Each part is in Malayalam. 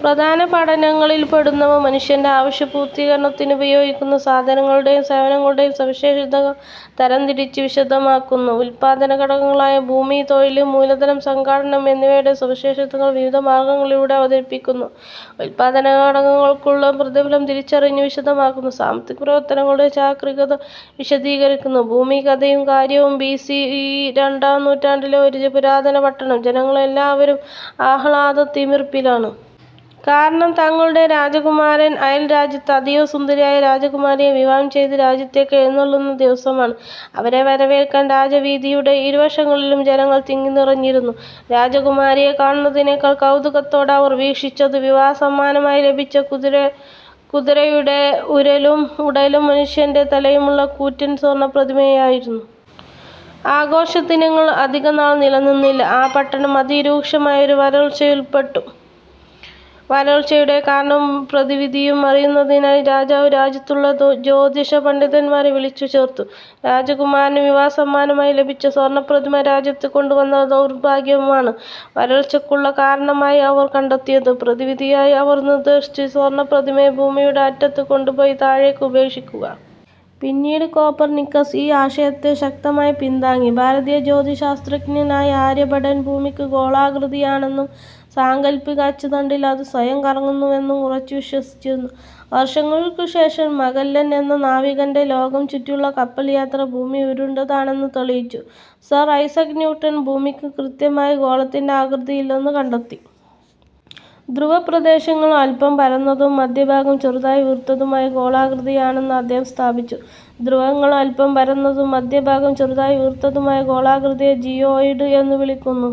പ്രധാന പഠനങ്ങളിൽപ്പെടുന്നവ മനുഷ്യന്റെ ആവശ്യപൂർത്തീകരണത്തിനുപയോഗിക്കുന്ന സാധനങ്ങളുടെയും സേവനങ്ങളുടെയും സവിശേഷതകൾ തരംതിരിച്ച് വിശദമാക്കുന്നു. ഉല്പാദനഘടകങ്ങളായ ഭൂമി, തൊഴിൽ, മൂലധനം, സംഘാടനം എന്നിവയുടെ സവിശേഷതകൾ വിവിധ മാർഗ്ഗങ്ങളിലൂടെ അവതരിപ്പിക്കുന്നു. ഉല്പാദനഘടകങ്ങൾക്കുള്ള പ്രതിഫലം തിരിച്ചറിഞ്ഞ് വിശദമാക്കുന്നു. സാമ്പത്തികപ്രവർത്തനങ്ങളുടെ ചാക്രികഗതി വിശദീകരിക്കുന്നു. ഭൂമി: കഥയും കാര്യവും: ബി. സി. ഇ രണ്ടാം നൂറ്റാണ്ടിലെ ഒരു പുരാതന പട്ടണം: ജനങ്ങൾ എല്ലാവരും ആഹ്ലാദത്തിമിർപ്പിലാണ്. കാരണം തങ്ങളുടെ രാജകുമാരൻ അയൽ രാജ്യത്തെ അതീവ സുന്ദരിയായ രാജകുമാരിയെ വിവാഹം ചെയ്ത് രാജ്യത്തേയ്ക്ക് എഴുന്നെള്ളുന്ന ദിവസമാണ്. അവരെ വരവേൽക്കാൻ രാജവീഥിയുടെ ഇരുവശങ്ങളിലും ജനങ്ങൾ തിങ്ങി നിറഞ്ഞിരുന്നു. രാജകുമാരിയെ കാണുന്നതിനെക്കാൾ കൗതുകത്തോടെ അവർ വീക്ഷിച്ചത് വിവാഹസമ്മാനമായി ലഭിച്ച കുതിരയുടെ ഉടലും മനുഷ്യന്റെ തലയുമുള്ള കൂറ്റൻ സ്വർണ്ണ പ്രതിമയെ ആയിരുന്നു. ആഘോഷദിനങ്ങൾ അധികനാൾ നിലനിന്നില്ല. ആ പട്ടണം അതിരൂക്ഷമായ ഒരു വരൾച്ചയിൽപ്പെട്ടു. വരൾച്ചയുടെ കാരണവും പ്രതിവിധിയും അറിയുന്നതിനായി രാജാവ് രാജ്യത്തുള്ള ജ്യോതിഷ പണ്ഡിതന്മാരെ വിളിച്ചുചേർത്തു. രാജകുമാരന് വിവാഹസമ്മാനമായി ലഭിച്ച സ്വർണ്ണപ്രതിമ രാജ്യത്ത് കൊണ്ടുവന്ന ദൗർഭാഗ്യമാണ് വരൾച്ചയ്ക്കുള്ള കാരണമായി അവർ കണ്ടെത്തിയത്. പ്രതിവിധിയായി അവർ നിർദേശിച്ചു. സ്വർണ്ണപ്രതിമയെ ഭൂമിയുടെ അറ്റത്ത് കൊണ്ടുപോയി താഴേയ്ക്ക് ഉപേക്ഷിക്കുക. പിന്നീട് കോപ്പർ നിക്കസ് ഈ ആശയത്തെശക്തമായി പിന്താങ്ങി. ഭാരതീയ ജ്യോതിശാസ്ത്രജ്ഞനായ ആര്യഭടൻ ഭൂമിക്ക് ഗോളാകൃതിയാണെന്നും സാങ്കല്പിക അച്ചുതണ്ടിൽ അത് സ്വയം കറങ്ങുന്നുവെന്നും ഉറച്ചുവിശ്വസിച്ചിരുന്നു. വർഷങ്ങൾക്കുശേഷം മഗല്ലൻ എന്ന നാവികന്റെ ലോകം ചുറ്റിയുള്ള കപ്പൽ യാത്ര ഭൂമി ഉരുണ്ടതാണെന്ന് തെളിയിച്ചു. സർ ഐസക് ന്യൂട്ടൺ ഭൂമിക്ക് കൃത്യമായ ഗോളത്തിന്റെ ആകൃതിയല്ലെന്ന് കണ്ടെത്തി. ധ്രുവപ്രദേശങ്ങൾ അല്പം പരന്നതും മധ്യഭാഗം ചെറുതായി വീർത്തതുമായ ഗോളാകൃതിയാണെന്ന് അദ്ദേഹം സ്ഥാപിച്ചു. ധ്രുവങ്ങൾ അല്പം പരന്നതും മധ്യഭാഗം ചെറുതായി വീർത്തതുമായ ഗോളാകൃതിയെ ജിയോയിഡ് എന്നുവിളിക്കുന്നു.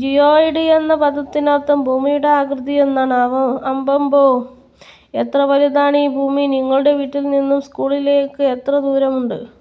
ജിയോയിഡ് എന്ന പദത്തിനർത്ഥം ""ഭൂമിയുടെ ആകൃതി' എന്നാണ്. അമ്പമ്പോ എത്രവലുതാണീ ഭൂമി! നിങ്ങളുടെ വീട്ടിൽ നിന്നും സ്കൂളിലേക്ക് എത്ര ദൂരമുണ്ട്?